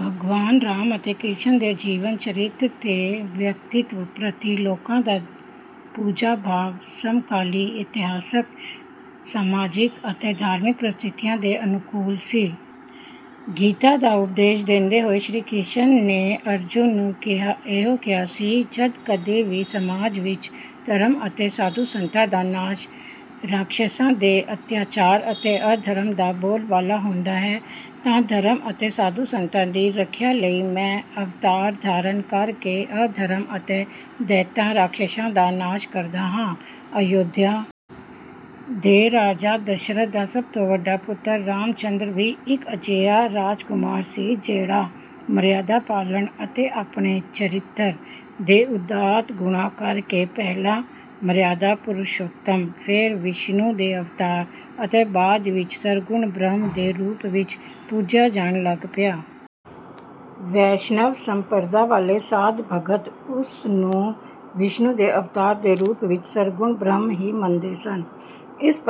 ਭਗਵਾਨ ਰਾਮ ਅਤੇ ਕ੍ਰਿਸ਼ਨ ਦੇ ਜੀਵਨ-ਚਰਿਤ ਤੇ ਵਿਅਕਤਿਤਵ ਪ੍ਰਤੀ ਲੋਕਾਂ ਦਾ ਪੂਜਾ-ਭਾਵ ਸਮਕਾਲੀ ਇਤਿਹਾਸਕ, ਸਮਾਜਿਕ ਅਤੇ ਧਾਰਮਿਕ ਪ੍ਰਸਥਿਤੀਆਂ ਦੇ ਅਨੁਕੂਲ ਸੀ। ਗੀਤਾ ਦਾ ਉਪਦੇਸ਼ ਦਿੰਦੇ ਹੋਏ ਸ਼੍ਰੀ ਕ੍ਰਿਸ਼ਨ ਨੇ ਅਰਜੁਨ ਨੂੰ ਇਹੋ ਕਿਹਾ ਸੀ, "ਜਦ ਕਦੇ ਵੀ ਸਮਾਜ ਵਿੱਚ ਧਰਮ ਅਤੇ ਸਾਧੂ-ਸੰਤਾਂ ਦਾ ਨਾਸ਼, ਰਾਖਸ਼ਾਂ ਦੇ ਅੱਤਿਆਚਾਰ ਅਤੇ ਅਧਰਮ ਦਾ ਬੋਲਬਾਲਾ ਹੁੰਦਾ ਹੈ, ਤਾਂ ਧਰਮ ਅਤੇ ਸਾਧੂ-ਸੰਤਾਂ ਦੀ ਰੱਖਿਆ ਲਈ ਮੈਂ ਅਵਤਾਰ ਧਾਰਨ ਕਰ ਕੇ ਅਧਰਮ ਅਤੇ ਦੈਂਤਾਂ-ਰਾਖਸ਼ਾਂ ਦਾ ਨਾਸ਼ ਕਰਦਾ ਹਾਂ।"ਅਯੋਧਿਆ ਦੇ ਰਾਜਾ ਦਸ਼ਰਥ ਦਾ ਸਭ ਤੋਂ ਵੱਡਾ ਪੁੱਤਰ ਰਾਮਚੰਦਰ ਵੀ ਇੱਕ ਅਜਿਹਾ ਰਾਜਕੁਮਾਰ ਸੀ, ਜਿਹੜਾ ਮਰਿਆਦਾ ਪਾਲਣ ਅਤੇ ਆਪਣੇ ਚਰਿੱਤਰ ਦੇ ਉਦਾਤ ਗੁਣਾਂ ਕਰ ਕੇ ਪਹਿਲਾਂ 'ਮਰਿਆਦਾ ਪੁਰਸ਼ੋਤਮ', ਫਿਰ ਵਿਸ਼ਨੂੰ ਦੇ ਅਵਤਾਰ ਅਤੇ ਬਾਅਦ ਵਿੱਚ ਸਰਗੁਣ ਬ੍ਰਹਮ ਦੇ ਰੂਪ ਵਿੱਚ ਪੂਜਿਆ ਜਾਣ ਲੱਗ ਪਿਆ। ਵੈਸ਼ਨਵ ਸੰਪਰਦਾ ਵਾਲੇ ਸਾਧ-ਭਗਤ ਉਸ ਨੂੰ ਵਿਸ਼ਨੂੰ ਦੇ ਅਵਤਾਰ ਦੇ ਰੂਪ ਵਿੱਚ ਸਰਗੁਣ ਬ੍ਰਹਮ ਹੀ ਮੰਨਦੇ ਸਨ। ਇਸ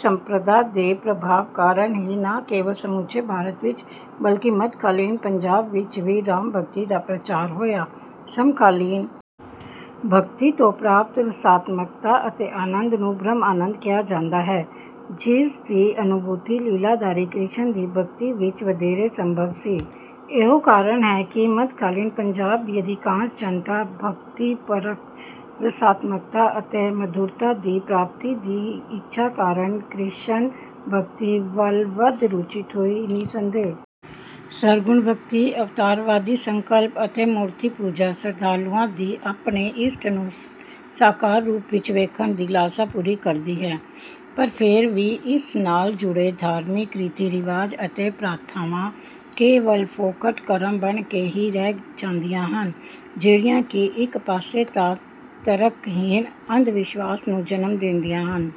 ਸੰਪਰਦਾ ਦੇ ਪ੍ਰਭਾਵ ਕਾਰਨ ਹੀ ਨਾ ਕੇਵਲ ਸਮੁੱਚੇ ਭਾਰਤ ਵਿੱਚ, ਬਲਕਿ ਮੱਧਕਾਲੀਨ ਪੰਜਾਬ ਵਿੱਚ ਵੀ ਰਾਮ ਭਗਤੀ ਦਾ ਪ੍ਰਚਾਰ ਹੋਇਆ। ਸਮਕਾਲੀਨ ਭਗਤੀ ਤੋਂ ਪ੍ਰਾਪਤ ਰਸਾਤਮਕਤਾ ਅਤੇ ਆਨੰਦ ਨੂੰ 'ਬ੍ਰਹਮਾਨੰਦ' ਕਿਹਾ ਜਾਂਦਾ ਹੈ, ਜਿਸ ਦੀ ਅਨੁਭੂਤੀ ਲੀਲਾਧਾਰੀ ਕ੍ਰਿਸ਼ਨ ਦੀ ਭਗਤੀ ਵਿੱਚ ਵਧੇਰੇ ਸੰਭਵ ਸੀ। ਇਹੋ ਕਾਰਨ ਹੈ ਕਿ ਮੱਧਕਾਲੀਨ ਪੰਜਾਬ ਦੀ ਅਧਿਕਾਂਸ਼ ਜਨਤਾ ਭਗਤੀਪਰਕ ਰਸਾਤਮਕਤਾ ਅਤੇ ਮਧੁਰਤਾ ਦੀ ਪ੍ਰਾਪਤੀ ਦੀ ਇੱਛਾ ਕਾਰਨ ਕ੍ਰਿਸ਼ਨ ਭਗਤੀ ਵੱਲ ਵੱਧ ਰੁਚਿਤ ਹੋਈ। ਨਿਸੰਦੇਹ ਸਰਗੁਣ ਭਗਤੀ, ਅਵਤਾਰਵਾਦੀ ਸੰਕਲਪ ਅਤੇ ਮੂਰਤੀ ਪੂਜਾ ਸ਼ਰਧਾਲੂਆਂ ਦੀ ਆਪਣੇ ਇਸ਼ਟ ਨੂੰ ਸਾਕਾਰ ਰੂਪ ਵਿੱਚ ਵੇਖਣ ਦੀ ਲਾਲਸਾ ਪੂਰੀ ਕਰਦੀ ਹੈ, ਪਰ ਫਿਰ ਵੀ ਇਸ ਨਾਲ ਜੁੜੇ ਧਾਰਮਿਕ ਰੀਤੀ-ਰਿਵਾਜ ਅਤੇ ਪ੍ਰਥਾਵਾਂ ਕੇਵਲ ਫੋਕਟ ਕਰਮ ਬਣ ਕੇ ਹੀ ਰਹਿ ਜਾਂਦੀਆਂ ਹਨ, ਜਿਹੜੀਆਂ ਕਿ ਇੱਕ ਪਾਸੇ ਤਾਂ ਤਰਕਹੀਣ ਅੰਧ-ਵਿਸ਼ਵਾਸ ਨੂੰ ਜਨਮ ਦਿੰਦੀਆਂ ਹਨ..